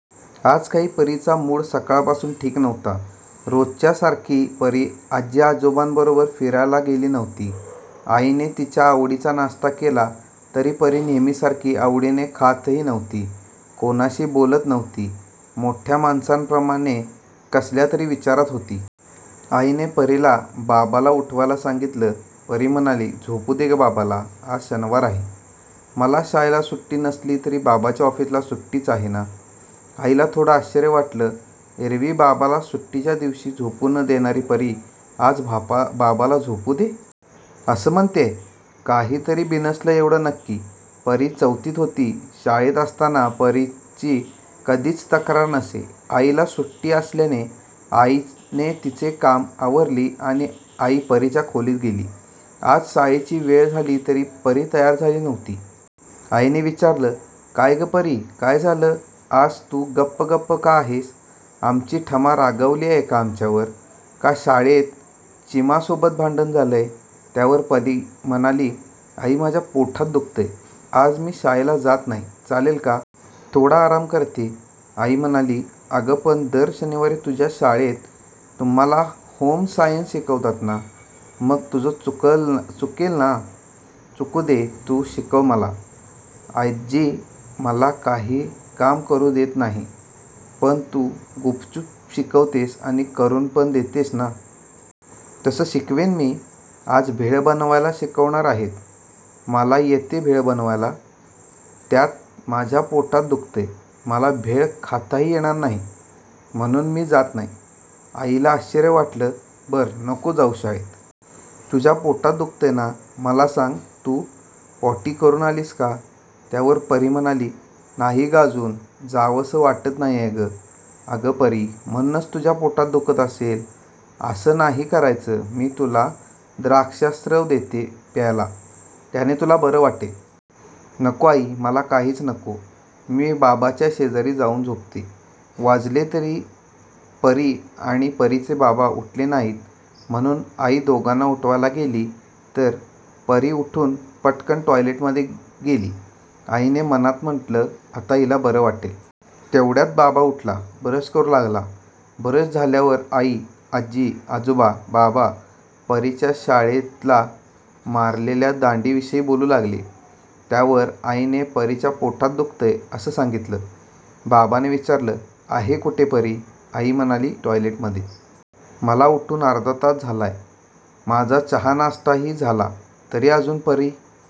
आज काही परीचा मूड सकाळपासूनच ठीक नव्हता. रोजच्यासारखी परी आजी-आजोबांबरोबर फिरायलाही गेली नव्हती. आईने तिच्या आवडीचा नाश्ता केला, तरी परी नेहमीसारखी आवडीने खातही नव्हती. कोणाशी बोलत नव्हती. मोठ्या माणसांप्रमाणे कसल्या तरी विचारात होती. आईने परीला बाबाला उठवायला सांगितलं. परी म्हणाली, "झोपूदे गं बाबाला. आज शनिवार आहे. मला शाळेला सुट्टी नसली तरी बाबाच्या ऑफिसला सुट्टीच आहे ना. " आईला थोडं आश्चर्यच वाटलं. एरव्ही बाबाला सुट्टीच्या दिवशीही झोपू न देणारी परी, 'आज बाबाला झोपू दे.. ' असं म्हणतेय. काहीतरी बिनसलंय एवढं नक्की. परी चौथीत होती. शाळेत जाताना परीची कधीच तक्रार नसे. आईला सुट्टी असल्याने आईने तिची कामं आवरली आणि आई परीच्या खोलीत गेली. आज शाळेची वेळ झाली तरी परी तयार झाली नव्हती. आईने विचारलं, "काय गं परी काय झालं? आज तू गप्प गप्प का आहेस? आमची ठमा रागावलीय का आमच्यावर? का शाळेत चिमासोबत भांडण झालंय? " त्यावर परी म्हणाली, "आई माझ्या पोटात दुखतंय. आज मी शाळेला जात नाही, चालेल का? थोडा आराम करते. " आई म्हणाली, "अगं पण दर शनिवारी तुझ्या शाळेत तुम्हांला होम सायन्स शिकवतात ना. मग तुझं चुकेल ना. " "चूकू दे. तू शिकव मला. आजी मला काही काम करू देत नाही, पण तू गुपचूप शिकवतेस आणि करू पण देतेस ना. तसं शिकेन मी. आज भेळ बनवायला शिकवणार आहेत. मला येते भेळ बनवायला. त्यात माझ्या पोटात दुखतंय. मला भेळ खाताही येणार नाही. म्हणून मी नाही जात. " आईला आश्चर्यच वाटलं. "बरं. नको जाऊस शाळेत. तुझ्या पोटात दुखतंय ना.. मला सांग, तू पॉटी करून आलीस का? " त्यावर परी म्हणाली, "नाही. अजून जावंसं वाटत नाहीये गं. " "अगं परी, म्हणूनच तुझ्या पोटात दुखत असेल. असं नाही करायचं. मी तुला द्राक्षासव देते प्यायला त्याने तुला बरं वाटेल. " "नको आई. मला काहीच नको. मी बाबाच्या शेजारी जाऊन झोपते. " वाजले तरी परी आणि परीचे बाबा उठले नाहीत. म्हणून आई दोघांना उठवायला गेली, तर परी उठून चटकन टॉयलेटमध्ये गेली. आईने मनात म्हटलं, 'आता हिला बरं वाटेल. ' तेवढ्यात बाबा उठला. ब्रश करू लागला. ब्रश झाल्यावर आई, आजी, आजोबा, बाबा परीच्या शाळेला मारलेल्या दांडीविषयी बोलू लागले. त्यावर आईने, परीच्या पोटात दुखतंय, असं सांगितलं. बाबाने विचारलं, "आहे कुठे परी? " आई म्हणाली, "टॉयलेटमध्ये. " "मला उठून अर्धा तास झालाय. माझा चहा-नाश्ताही झाला. तरी अजून परी